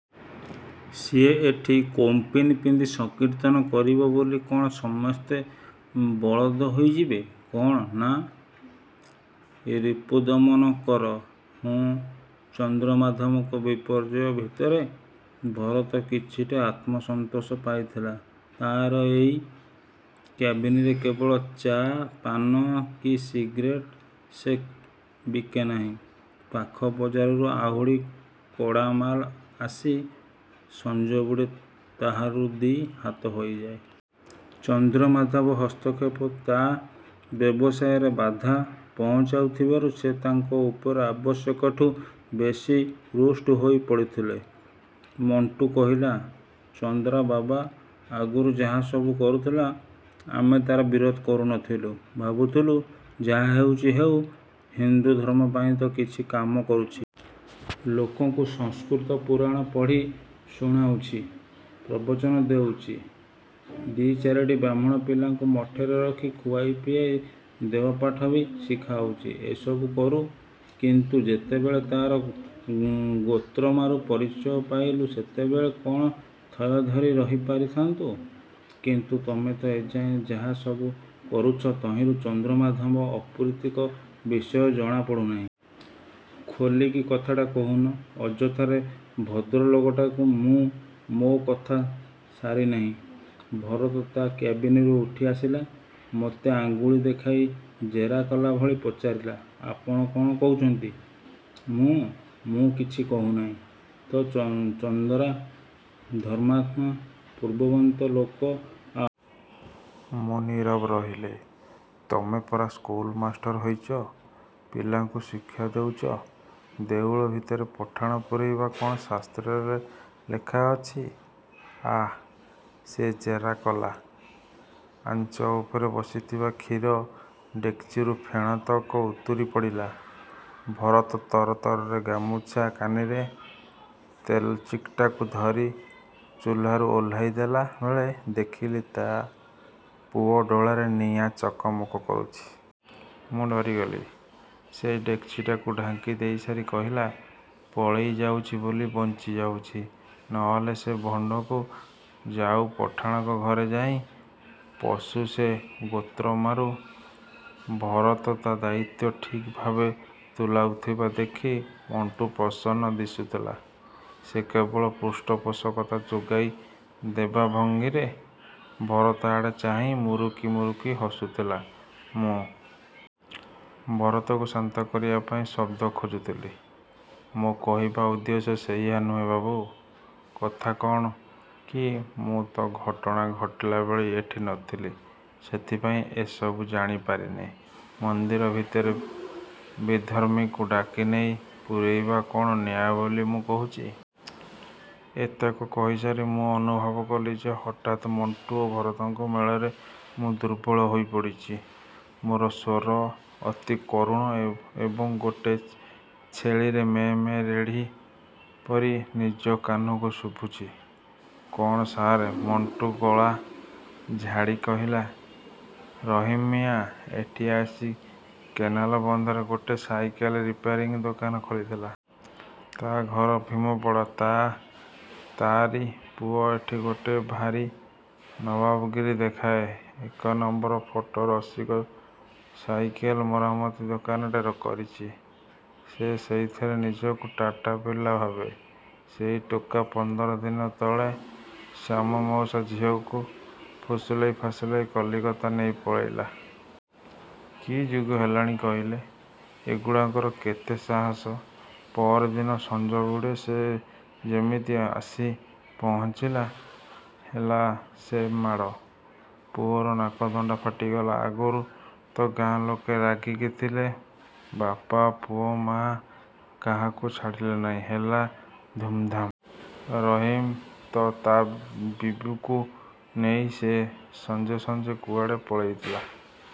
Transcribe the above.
"ସିଏ ଏଠି କୌପୀନ ପିନ୍ଧି ସଂକୀର୍ତ୍ତନ କରିବ ବୋଲି କ'ଣ ସମସ୍ତେ ବଳଦ ହୋଇଯିବେ? କ'ଣ ନା, ରିପୁଦମନ କର। ହୁଃ..." ଚନ୍ଦ୍ରମାଧବଙ୍କ ବିପର୍ଯ୍ୟୟ ଭିତରେ ଭରତ କିଛିଟା ଆତ୍ମସନ୍ତୋଷ ପାଇଥିଲା। ତା'ର ଏଇ କ୍ୟାବିନରେ କେବଳ ଚା', ପାନ କି ସିଗ୍ରେଟ୍ ସେ ବିକେ ନାହିଁ, ପାଖ ବଜାରରୁ ଆହୁରି କଡ଼ା ମାଲ୍ ଆସି ସଞ୍ଜବୁଡ଼େ ହାତରୁ ଦି' ହାତ ହୋଇଥାଏ। ଚନ୍ଦ୍ରମାଧବଙ୍କ ହସ୍ତକ୍ଷେପ ତା' ବ୍ୟବସାୟରେ ବାଧା ପହଞ୍ଚାଉଥିବାରୁ ସେ ତାଙ୍କ ଉପରେ ଆବଶ୍ୟକଠୁ ବେଶି ରୁଷ୍ଟ ହୋଇ ପଡ଼ିଥିଲା। ମଣ୍ଟୁ କହିଲା, "ଚନ୍ଦରା ବାବା ଆଗରୁ ଯାହା ସବୁ କରୁଥିଲା ଆମେ ତା'ର ବିରୋଧ କରୁନଥିଲୁ। ଭାବୁଥିଲୁ, ଯାହା ହେଉଛି ହେଉ, ହିନ୍ଦୁ ଧର୍ମ ପାଇଁ ତ କିଛି କାମ କରୁଛି! ଲୋକଙ୍କୁ ସଂସ୍କୃତ ପୁରାଣ ପଢ଼ି ଶୁଣାଉଛି, ପ୍ରବଚନ ଦେଉଛି। ଦି' ଚାରିଟି ବ୍ରାହ୍ମଣ ପିଲାଙ୍କୁ ମଠରେ ରଖି ଖୁଆଇ ପିଆଇ ଦେବପାଠ ବି ଶିଖାଉଛି, ଏସବୁ କରୁ। କିନ୍ତୁ ଯେତେବେଳେ ତା'ର ଗୋତ୍ରମାରୁ ପରିଚୟ ପାଇଲୁ, ସେତେବେଳେ କ'ଣ ଥୟ ଧରି ରହି ପାରିଥାଆନ୍ତୁ!" "କିନ୍ତୁ ତମେ ତ ଏଯାଏଁ ଯାହା ସବୁ କହୁଛ ତହିଁରୁ ଚନ୍ଦ୍ରମାଧବଙ୍କ ଅପୁତ୍ରିକ ବିଷୟ ଜଣା ପଡ଼ୁନାହିଁ। ଖୋଲିକି କଥାଟା କହୁନ, ଅଯଥାରେ ଭଦ୍ରଲୋକଟାକୁ" ମୁଁ ମୋ କଥା ସାରିନାହିଁ, ଭରତ ତା' କ୍ୟାବିନ୍‌ରୁ ଉଠି ଆସିଲା। ମୋତେ ଆଙ୍ଗୁଳି ଦେଖେଇ ଜେରା କଲା ଭଳି ପଚାରିଲା, "ଆପଣ କ'ଣ କହୁଛନ୍ତି?" "ମୁଁ... ମୁଁ କିଛି କହୁନାହିଁ ତ...""ଚନ୍ଦରା ଧର୍ମାତ୍ମା? ପୁଣ୍ୟବନ୍ତ ଲୋକ? ଆଁ!" ମୁଁ ନୀରବ ରହିଲି.। "ତମେ ପରା ସ୍କୁଲ ମାଷ୍ଟର ହୋଇଛ? ପିଲାଙ୍କୁ ଶିକ୍ଷା ଦେଉଛ! ଦେଉଳ ଭିତରେ ପଠାଣ ପୂରେଇବା କେଉଁ ଶାସ୍ତ୍ରରେ ଲେଖା ହୋଇଛି, ଆଁ?" ସେ ଜେରା କଲା। ଆଞ୍ଚ ଉପରେ ବସିଥିବା କ୍ଷୀର ଡେକ୍‌ଚିରୁ ଫେଣତକ ଉତୁରି ପଡ଼ିଲା। ଭରତ ତରତରରେ ଗାମୁଛା କାନିରେ ଡେକ୍‌ଚିଟାକୁ ଧରି ଚୁଲାରୁ ଓହ୍ଲେଇ ଦେଲା ବେଳେ ଦେଖିଲି ତା' ପୁଅଡୋଳାରେ ନିଆଁ ଚକମକ କରୁଛି। ମୁଁ ଡରିଗଲି। ସେ ଡେକ୍‌ଚିଟାକୁ ଢାଙ୍କି ଦେଇସାରି କହିଲା, "ପଳେଇ ଯାଇଛି ବୋଲି ବଞ୍ଚିଯାଇଛି। ନହେଲେ ସେ ଭଣ୍ଡକୁ... ଯାଉ, ପଠାଣଙ୍କ ଘରେ ଯାଇ ପଶୁ ସେ ଗୋତ୍ରମାରୁ। "ଭରତ ତା' ଦାୟିତ୍ୱ ଠିକ୍ ଭାବେ ତୁଲାଉଥିବା ଦେଖି ମଣ୍ଟୁ ପ୍ରସନ୍ନ ଦିଶୁଥିଲା। ସେ କେବଳ ପୃଷ୍ଠପୋଷକତା ଯୋଗାଇ ଦେବା ଭଙ୍ଗୀରେ ଭରତ ଆଡ଼େ ଚାହିଁ ମୁରୁକି ମୁରୁକି ହସୁଥିଲା। ମୁଁ ଭରତକୁ ଶାନ୍ତ କରିବା ପାଇଁ ଶବ୍ଦ ଖୋଜୁଥିଲି। "ମୋ କହିବା ଉଦ୍ଦେଶ୍ୟ ସେଇଆ ନୁହେଁ ବାବୁ, କଥା କ'ଣ କି ମୁଁ ତ ଘଟଣା ଘଟିଲା ବେଳେ ଏଠି ନଥିଲି, ସେଇଥିପାଇଁ ଏସବୁ ଜାଣି ପାରିନି। ମନ୍ଦିର ଭିତରେ ବିଧର୍ମୀଙ୍କୁ ଡାକି ନେଇ ପୂରେଇବା କ'ଣ ନ୍ୟାୟ ବୋଲି ମୁଁ କହୁଛି?" ଏତକ କହିସାରି ମୁଁ ଅନୁଭବ କଲି ଯେ ହଠାତ୍ ମଣ୍ଟୁ ଓ ଭରତଙ୍କ ମେଳରେ ମୁଁ ଦୁର୍ବଳ ହୋଇ ପଡ଼ିଛି। ମୋର ସ୍ୱର ଅତି କରୁଣ ଏବଂ ଗୋଟେ ଛେଳିର ମେଁ ମେଁ ରଡ଼ି ପରି ନିଜ କାନକୁ ଶୁଭୁଛି। "ଶୁଣ ସାଆରେ," ମଣ୍ଟୁ ଗଳା ଝାଡ଼ି କହିଲା, "ରହିମ ମିଆଁ ଏଠି ଆସି କେନାଲ ବନ୍ଧରେ ଗୋଟେ ସାଇକେଲ୍ ରିପେୟାରିଂ ଦୋକାନ କରିଥିଲା। ତା' ଘର ଭୀମପଡ଼ା। ତା'ଆରି ପୁଅ ଏଠି ଗୋଟେ ଭାରି ନବାବଗିରି ଦେଖାଏ। ଏକ ନମ୍ବର ଫଟା ରସିକ। ସାଇକେଲ୍ ମରାମତି ଦୋକାନଟେ କରିଛି ଯେ ସେଇଥିରେ ନିଜକୁ ଟାଟା ବିର୍ଲା ଭାବେ। ସେଇ ଟୋକା ପନ୍ଦର ଦିନ ତଳେ ଶ୍ୟାମ ମଉସା ଝିଅକୁ ଫୁସୁଲେଇ ଫାସେଲେଇ କଲିକତା ନେଇ ପଳେଇଲା। କି ଯୁଗ ହେଲାଣି କହିଲେ? ଏଗୁଡ଼ାକଙ୍କର କେତେ ସାହସ! ପଅରଦିନ ସଞ୍ଜବୁଡ଼େ ସେ ଯେମିତି ଆସି ପହଞ୍ଚିଲା, ହେଲା ସେ ମାଡ଼, ପୁଅର ନାକଦଣ୍ଡା ଫାଟିଗଲା। ଆଗରୁ ତ ଗାଁ ଲୋକେ ରାଗିକି ଥିଲେ, ବାପା ପୁଅ ମା', କାହାକୁ ଛାଡ଼ିଲେ ନାହିଁ। ହେଲା ଧୁମଧାମ। ରହିମ ତ ତା' ବିବିକୁ ନେଇ ସେଇ ସଞ୍ଜେ ସଞ୍ଜେ କୁଆଡ଼େ ପଳେଇଛି।"